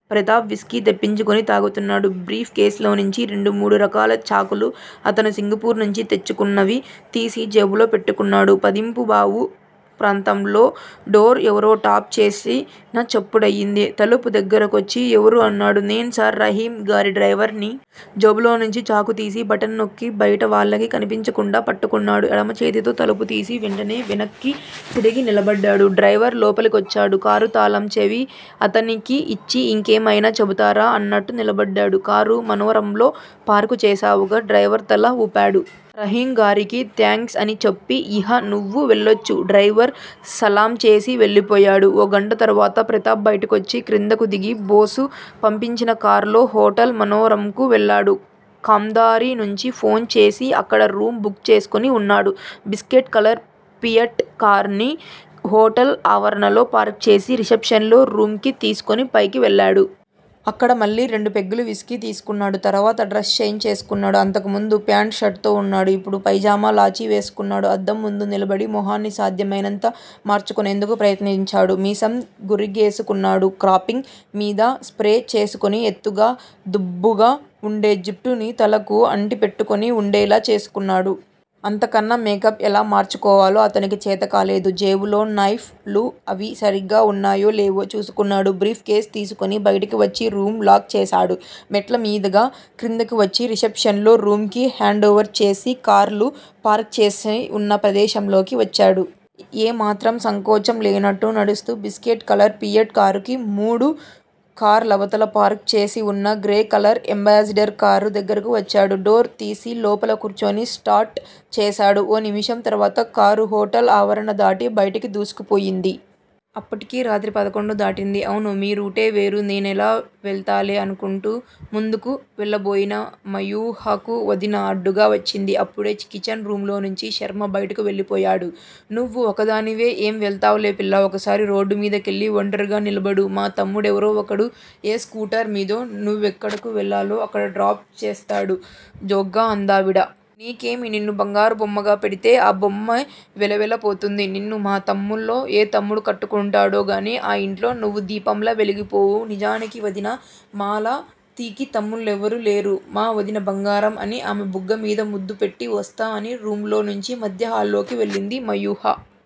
Pratap whisky తెప్పించుకుని తాగుతున్నాడు. Brief కేసులోంచి రెండు మూడు రకాల చాకులు, అతను సింగపూర్ నుంచి తెచ్చుకున్నవి తీసి జేబుల్లో పెట్టుకున్నాడు. పదింబావు ప్రాంతంలో డోర్ ఎవరో టాఫ్ చేసిన చప్పుడయింది. తలుపు దగ్గరకొచ్చి ఎవరు? అన్నాడు. నేను సార్! రహీమ్ గారి డ్రైవర్ని! జేబులోంచి చాకు తీసి, బటన్ నొక్కి బయటి వాళ్ళకి కనిపించకుండా పట్టుకున్నాడు. ఎడమచేత్తో తలుపు తీసి వెంటనే వెనక్కి తిరిగి నిలబడ్డాడు. డ్రైవరు లోపలికొచ్చాడు. కారు తాళం చెవి అతనికి యిచ్చి యింకేమైనా చెబుతారా? అన్నట్టు నిలబడ్డాడు. కారు మనోరమలో పార్కు చేశావుగా! డ్రైవరు తల ఊపాడు. రహీంగారికి థాంక్సని చెప్పు. ఇహ నువ్వు వెళ్ళొచ్చు! డ్రైవరు సలాంచేసి వెళ్ళిపోయాడు. ఓ గంట తర్వాత ప్రతాప్ బయటికొచ్చి క్రిందకు దిగి బోసు పంపించిన కార్లో హోటల్ మనోరమకు వెళ్ళాడు. ఖాంధారీ నుంచి ఫోన్ చేసి అక్కడ రూమ్ బుక్ చేసుకుని వున్నాడు. బిస్కెట్ కలర్ ఫియట్ కారుని హోటల్ ఆవరణలో పార్క్ చేసి, రిసెప్షన్ లో రూం కీ తీసుకుని పైకి వెళ్ళిపోయాడు. అక్కడ మళ్ళీ రెండు పెగ్గులు విస్కీ తీసుకున్నాడు. తర్వాత డ్రెస్ చేంజ్ చేసుకున్నాడు. అంతకు ముందు ప్యాంట్, షర్ట్ తో వున్నాడు. ఇప్పుడు పైజమా, లాల్చీ వేసుకున్నాడు. అద్దంముందు నిలబడి మొహాన్నీ సాధ్యమైనంత మార్చుకునేందుకు ప్రయత్నించాడు. మీసం గొరిగేసుకున్నాడు. క్రాఫింగ్ మీద స్ప్రే చేసుకుని ఎత్తుగా, దుబ్బుగా వుండే జుట్టుని తలకు అంటిపెట్టుకుని వుండేలా చేసుకున్నాడు. అంత కన్నా మేకప్ ఎలా మార్చుకోవాలో అతనికి చేతకాలేదు. జేబులో నైఫ్ లూ అవీ సరిగ్గా వున్నాయో లేవో చూసుకున్నాడు. బ్రీఫ్ కేస్ తీసుకుని బయటకి వచ్చి రూం లాక్ చేశాడు. మెట్లమీదుగా క్రిందకి వచ్చి రిసెప్షన్ లో రూం కీ హాండ్ వోవర్ చేసి కార్లు పార్క్ చేసి వున్న ప్రదేశంలోకి వచ్చాడు. ఏ మాత్రం సంకోచం లేనట్టు నడుస్తూ బిస్కెట్ కలర్ ఫియట్ కారుకి మూడు కార్లవతల పార్కుచేసి వున్న గ్రే కలర్ ఎంబాసిడర్ కారు దగ్గరకు వచ్చాడు. డోర్ తీసి లోపల కూర్చుని స్టార్ట్ చేశాడు. ఓ నిమిషం తర్వాత కారు హోటల్ ఆవరణ దాటి బయటకి దూసుకుపోయింది. అప్పటికి రాత్రి పదకొండు దాటింది. అవును మీరూటే వేరు నేనే వెళతాలే అనుకుంటూ ముందుకు వెళ్ళబోయిన మయూహాకు వదిన అడ్డుగా వచ్చింది. అప్పుడే కిచెన్ రూమ్ లోంచి శర్మ బయటకు వెళ్ళిపోయాడు. నువ్వు ఒక్కదానివే ఏం వెళతావ్ పిల్లా ఒక్కసారి రోడ్డుమీద కెళ్ళి వంటరిగా నిలబడు మా తమ్ముడెవరో ఒకడు ఏ స్కూటర్ మీదో నువ్వెక్కడకు వెళ్ళాలో అక్కడ డ్రాప్ చేసేస్తాడు జోగ్గా అందావిడ. నీకేం? నిన్ను బంగారు బొమ్మదగ్గర పెడితే ఆ బొమ్మే వెలవెల పోతుంది నిన్ను మా తమ్ముళ్ళలో ఏ తమ్ముడు కట్టుకుంటాడో గానీ ఆ యింట్లో నువ్వు దీపంలా వెలిగిపోవూ నిజానికి వదిన మాలతికి తమ్ముళ్ళెవరూ లేరు. మా వదిన బంగారం అని ఆమె బుగ్గమీద ముద్దుపెట్టి వస్తా అని ఆ రూమ్ లోంచి మధ్యహాల్లోకి వెళ్ళింది మయూష.